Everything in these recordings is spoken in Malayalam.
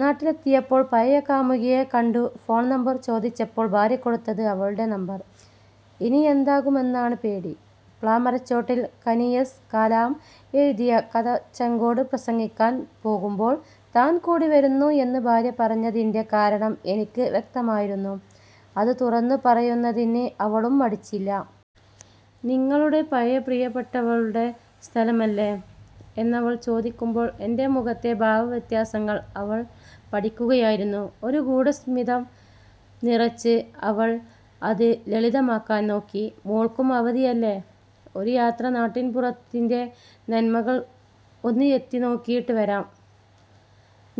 നാട്ടിലെത്തിയപ്പോൾ പഴയ കാമുകിയെ കണ്ടു; 'ഫോൺ നമ്പർ ചോദിച്ചപ്പോൾ ഭാര്യ കൊടുത്തത് അവളുടെ നമ്പർ, ഇനിയെന്താകുമെന്നാണ് പേടി' പ്ലാമരച്ചോട്ടിൽ.. കനി എസ് കലാം എഴുതിയ കഥ ചെങ്കോട് പ്രസംഗിക്കാൻ പോകുമ്പോൾ താൻ കൂടി വരുന്നു എന്ന് ഭാര്യ പറഞ്ഞതിന്റെ കാരണം എനിക്ക് വ്യക്തമായിരുന്നു. അത് തുറന്നു പറയുന്നതിന് അവളും മടിച്ചില്ല. 'നിങ്ങളുടെ പഴയ പ്രിയപ്പെട്ടവളുടെ സ്ഥലമല്ലേ' എന്നവൾ ചോദിക്കുമ്പോൾ എന്റെ മുഖത്തെ ഭാവ വ്യത്യാസങ്ങൾ അവൾ പഠിക്കുകയായിരുന്നു. ഒരു ഗൂഢസ്മിതം നിറച്ച് അവൾ അത് ലളിതമാക്കാൻ നോക്കി: "മോൾക്കും അവധിയല്ലേ. ഒരു യാത്ര.. നാട്ടിൻപുറത്തിന്റെ നന്മകൾ ഒന്ന് എത്തി നോക്കിയിട്ട് വരാം.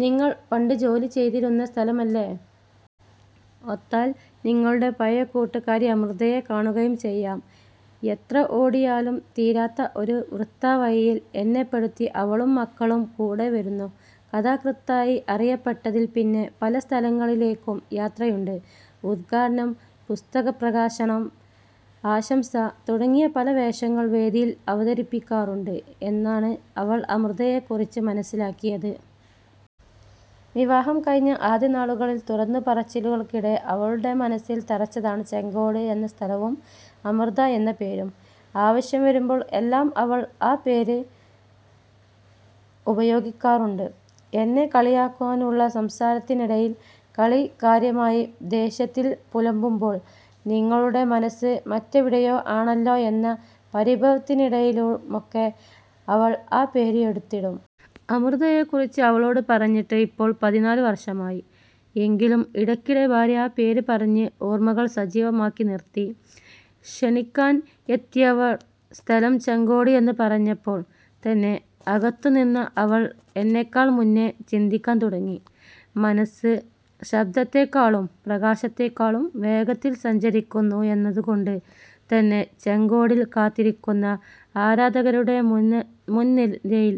നിങ്ങൾ പണ്ട് ജോലി ചെയ്തിരുന്ന സ്ഥലമല്ലേ. ഒത്താൽ… നിങ്ങളുടെ പഴയ കൂട്ടുകാരി അമൃതയെ കാണുകയും ചെയ്യാം. " എത്ര ഓടിയാലും തീരാത്ത ഒരു വൃത്തവഴിയിൽ എന്നെപ്പെടുത്തി അവളും മകളും കൂടെ വരുന്നു. കഥാകൃത്തായി അറിയപ്പെട്ടതിൽ പിന്നെ പല സ്ഥലങ്ങളിലേക്കും യാത്രയുണ്ട്. ഉദ്ഘാടനം, പുസ്തക പ്രകാശനം, ആശംസ തുടങ്ങിയ പല വേഷങ്ങൾ വേദിയിൽ അവതരിപ്പിക്കാറുണ്ട് എന്നാണ് അവൾ അമൃതയെക്കുറിച്ച് മനസ്സിലാക്കിയത്. വിവാഹം കഴിഞ്ഞ ആദ്യ നാളുകളിലെ തുറന്നു പറച്ചിലുകൾക്കിടെ അവളുടെ മനസ്സിൽ തറച്ചതാണ് ചെങ്കോട് എന്ന സ്ഥലവും അമൃത എന്ന പേരും. ആവശ്യം വരുമ്പോൾ എല്ലാം അവൾ ആ പേര് ഉപയോഗിക്കാറുണ്ട്. എന്നെ കളിയാക്കാനുള്ള സംസാരത്തിനിടയിൽ, കളി കാര്യമായി ദേഷ്യത്തിൽ പുലമ്പുമ്പോൾ, നിങ്ങളുടെ മനസ്സ് മറ്റെവിടെയോ ആണല്ലോ എന്ന പരിഭവത്തിനിടയിലുമൊക്കെ അവൾ ആ പേര് എടുത്തിടും. അമൃതയെക്കുറിച്ച് അവളോട് പറഞ്ഞിട്ട് ഇപ്പോൾ പതിനാല് വർഷമായി. എങ്കിലും ഇടക്കിടെ ഭാര്യ ആ പേര് പറഞ്ഞ് ഓർമകൾ സജീവമാക്കി നിർത്തി. ക്ഷണിക്കാൻ എത്തിയവർ സ്ഥലം ചെങ്കോട് എന്ന് പറഞ്ഞപ്പോൾ തന്നെ അകത്തുനിന്ന അവൾ എന്നെക്കാൾ മുന്നേ ചിന്തിക്കാൻ തുടങ്ങി. മനസ്സ് ശബ്ദത്തേക്കാളും പ്രകാശത്തേക്കാളും വേഗത്തിൽ സഞ്ചരിക്കുന്നു എന്നതുകൊണ്ട് തന്നെ, ചെങ്കോടിൽ കാത്തിരിക്കുന്ന ആരാധകരുടെ മുൻനിരയിൽ,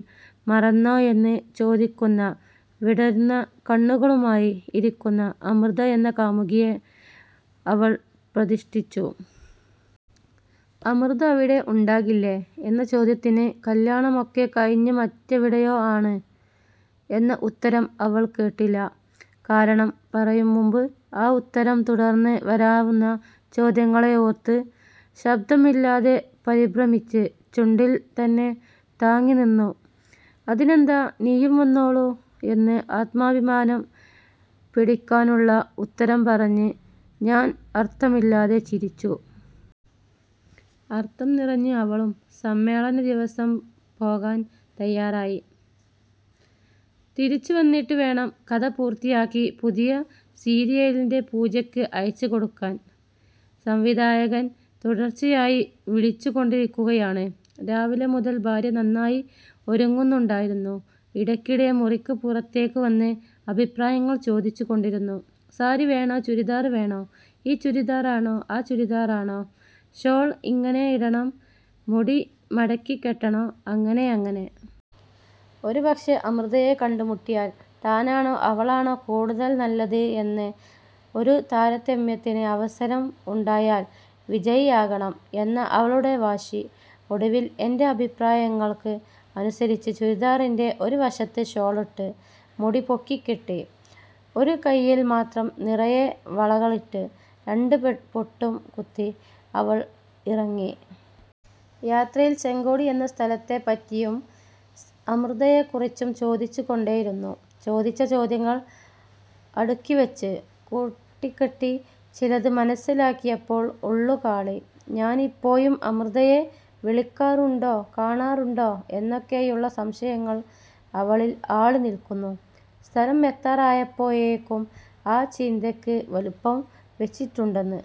'മറന്നോ' എന്ന് ചോദിക്കുന്ന വിടർന്ന കണ്ണുകളുമായി ഇരിക്കുന്ന അമൃത എന്ന കാമുകിയെ അവൾ പ്രതിഷ്ഠിച്ചു. 'അമൃത അവിടെ ഉണ്ടാകില്ലേ' എന്ന ചോദ്യത്തിന് കല്യാണമൊക്കെ കഴിഞ്ഞ് മറ്റെവിടെയോ ആണ്' എന്ന ഉത്തരം അവൾ കേട്ടില്ല. കാരണം, പറയും മുമ്പ് ആ ഉത്തരം തുടർന്ന് വരാവുന്ന ചോദ്യങ്ങളെ ഓർത്ത് ശബ്ദം ഇല്ലാതെ പരിഭ്രമിച്ച് ചുണ്ടിൽ തന്നെ തങ്ങിനിന്നു. 'അതിനെന്താ നീയും വന്നോളൂ' എന്ന് ആത്മാഭിമാനം പിടിക്കാനുള്ള ഉത്തരം പറഞ്ഞ് ഞാൻ അർഥമില്ലാതെ ചിരിച്ചു. അർഥം നിറഞ്ഞ് അവളും. സമ്മേളന ദിവസം പോകാൻ തയാറായി. തിരിച്ചു വന്നിട്ട് വേണം കഥ പൂർത്തിയാക്കി പുതിയ സീരിയലിന്റെ പൂജയ്ക്ക് അയച്ചുകൊടുക്കാൻ. സംവിധായകൻ തുടർച്ചയായി വിളിച്ചുകൊണ്ടിരിക്കുകയാണ്. രാവിലെ മുതൽ ഭാര്യ നന്നായി ഒരുങ്ങുന്നുണ്ടായിരുന്നു. ഇടക്കിടെ മുറിക്ക് പുറത്തേക്ക് വന്ന് അഭിപ്രായങ്ങൾ ചോദിച്ചു കൊണ്ടിരുന്നു. 'സാരി വേണോ ചുരിദാർ വേണോ, ഈ ചുരിദാർ ആണോ ആ ചുരിദാർ ആണോ, ഷോൾ എങ്ങനെ ഇടണം, മുടി മടക്കി കെട്ടണോ' അങ്ങനെ അങ്ങനെ. ഒരുപക്ഷേ അമൃതയെ കണ്ടുമുട്ടിയാൽ, താനാണോ അവളാണോ കൂടുതൽ നല്ലത് എന്ന് ഒരു താരതമ്യത്തിന് അവസരം ഉണ്ടായാൽ വിജയിയാകണം എന്ന അവളുടെ വാശി. ഒടുവിൽ എന്റെ അഭിപ്രായങ്ങൾക്ക് അനുസരിച്ച് ചുരിദാറിന്റെ ഒരു വശത്ത് ഷാൾ ഇട്ട്, മുടി പൊക്കി കെട്ടി, ഒരു കൈയിൽ മാത്രം നിറയെ വളകളിട്ട്, രണ്ട് പൊട്ടും കുത്തി അവൾ ഇറങ്ങി. യാത്രയിൽ ചെങ്കോട് എന്ന സ്ഥലത്തെപ്പറ്റിയും അമൃതയെക്കുറിച്ചും ചോദിച്ചുകൊണ്ടേയിരുന്നു. ചോദിച്ച ചോദ്യങ്ങൾ അടുക്കിവച്ച് കൂട്ടിക്കെട്ടി ചിലത് മനസ്സിലാക്കിയപ്പോൾ ഉള്ളുകാളി. ഞാനിപ്പോഴും അമൃതയെ വിളിക്കാറുണ്ടോ കാണാറുണ്ടോ എന്നൊക്കെയുള്ള സംശയങ്ങൾ അവളിൽ ആളി നിൽക്കുന്നു. സ്ഥലം എത്താറായപ്പോഴേക്കും ആ ചിന്തയ്ക്ക് വലുപ്പം വച്ചിട്ടുണ്ടെന്ന്